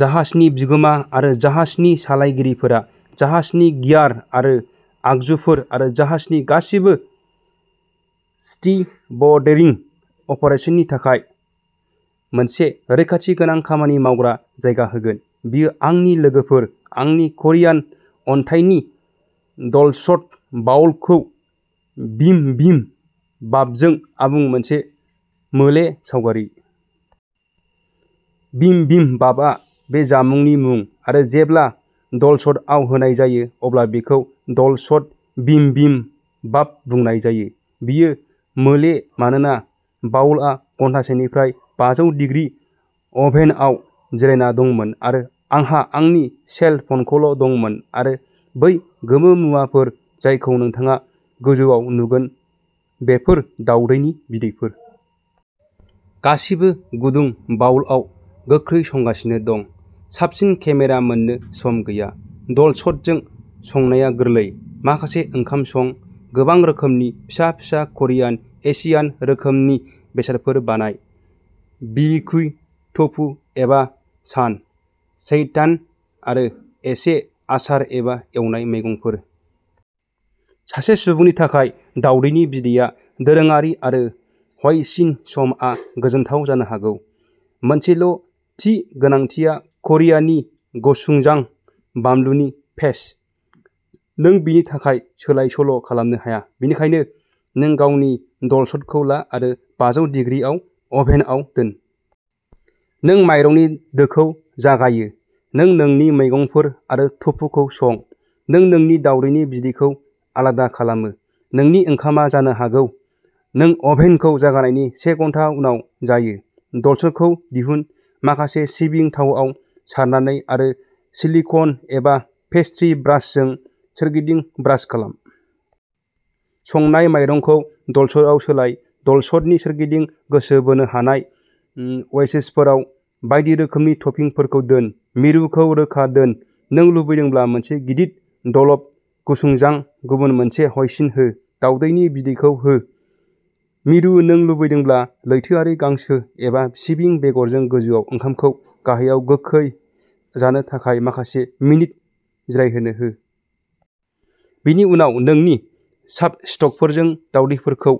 जाहाजनि बिगोमा आरो जाहाजनि सालायगिरिफोरा जाहाजनि गियार आरो आगजुफोर आरो जाहाजनि गासैबो स्टीबडे'रिं अपारेसननि थाखाय मोनसे रैखाथि गोनां खामानि मावग्रा जायगा होगोन। बेयो आंनि लोगोफोर, आंनि करियान अन्थाइनि डलसट बाउलखौ बिम बिम बापजों आबुं मोनसे मोले सावगारि। बिम बिम बापआ बे जामुंनि मुं आरो जेब्ला डलसटआव होनाय जायो, अब्ला बेखौ डलसट बिम बिम बाप बुंनाय जायो। बेयो मोले, मानोना बाउलआ घन्टासेनिफ्राय बाजौ डिग्रि अभेनआव जिरायना दंमोन आरो आंहा आंनि सेल फ'नखौल' दंमोन आरो बै गोमो मुवाफोर जायखौ नोंथाङा गोजौआव नुगोन बेफोर दावदैनि बिदैफोर। गासैबो गुदुं बाउलआव गोख्रै संगासिनो दं साबसिन केमेरा मोननो सम गैया। डलसटजों संनाया गोरलै। माखासे ओंखाम सं। गोबां रोखोमनि फिसा फिसा करियान, एशियान रोखोमनि बेसादफोर बानाय। बिबिक्यु टफु एबा सान। सेइटान आरो एसे आसार एबा एवनाय मैगंफोर। सासे सुबुंनि थाखाय दावदैनि बिदैया दोरोङारि आरो ह'इसिन समआ गोजोनथाव जानो हागौ। मोनसेल' थि गोनांथिया क'रियानि गचुजां बानलुनि पेस्ट। नों बेनि थाखाय सोलाय सोल' खालामनो हाया। बेनिखायनो नों गावनि डलसटखौ ला आरो बाजौ डिग्रिआव अभेनआव दोन। नों माइरंनि दोखौ जागायो। नों नोंनि मैगंफोर आरो टफुखौ सं। नों नोंनि दावदैनि बिदैखौ आलादा खालामो। नोंनि ओंखामआ जानो हागौ नों अभेनखौ जागायनायनि से घन्टा उनाव जायो। डलसटखौ दिहुन, माखासे सिबिं थावाव सारनानै आरो सिलिक'न एबा पेस्ट्री ब्रासजों सोरगिदिं ब्रास खालाम। संनाय माइरंखौ डलसटआव सोलाय। डलसटनि सोरगिदिं गोसो बोनो हानाय ओम वेजेजफोराव बायदि रोखोमनि टपिंफोरखौ दोन, मिरुखौ रोखा दोन। नों लुबैदोंब्ला मोनसे गिदिर डलप गचुजां, गुबुन मोनसे ह'इसिन हो। दावदैनि बिदैखौ हो। मिरु नों लुबैदोंब्ला लैथोआरि गांसो एबा सिबिं बेगरजों गोजौआव ओंखामखौ गाहायाव गोखै जानो थाखाय माखासे मिनिट जिरायहोनो हो। बेनि उनाव, नोंनि चापस्टकफोरजों दावदैफोरखौ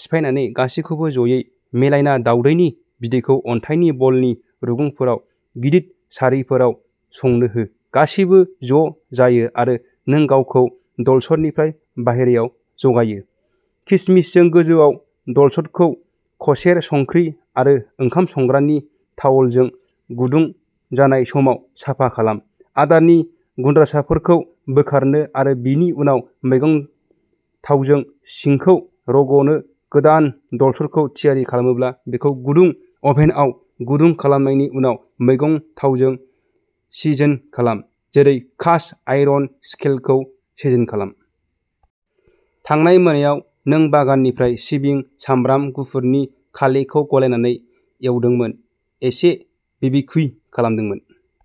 सिफायनानै गासैबोखौ जयै मिलायना दावदैनि बिदैखौ अन्थाइनि ब'लनि रुगुंफोराव गिदिर सारिफोराव संनो हो। गासैबो ज' जायो आरो नों गावखौ डलसटनिफ्राय बाहेरायाव जगायो। किसमिचजों गोजौआव डलसटखौ कसेर संख्रि आरो ओंखाम संग्रानि तावलजों गुदुं जानाय समाव साफा खालाम। आदारनि गुनद्रासाफोरखौ बोखारनो आरो बेनि उनाव मैगं थावजों सिंखौ रग'नो गोदान डलसटखौ थियारि खालामोब्ला, बेखौ गुदुं अभेनआव गुदुं खालामनायनि उनाव मैगं थावजों सिजोन खालाम, जेरै कास्ट आयरन स्केलखौ सिजोन खालामनाय। थांनाय मोनायाव नों बागाननिफ्राय सिबिं, सामब्राम गुफुरनि कालेखौ गलायनानै एवदोंमोन, एसे बिबिक्यु खालामदोंमोन।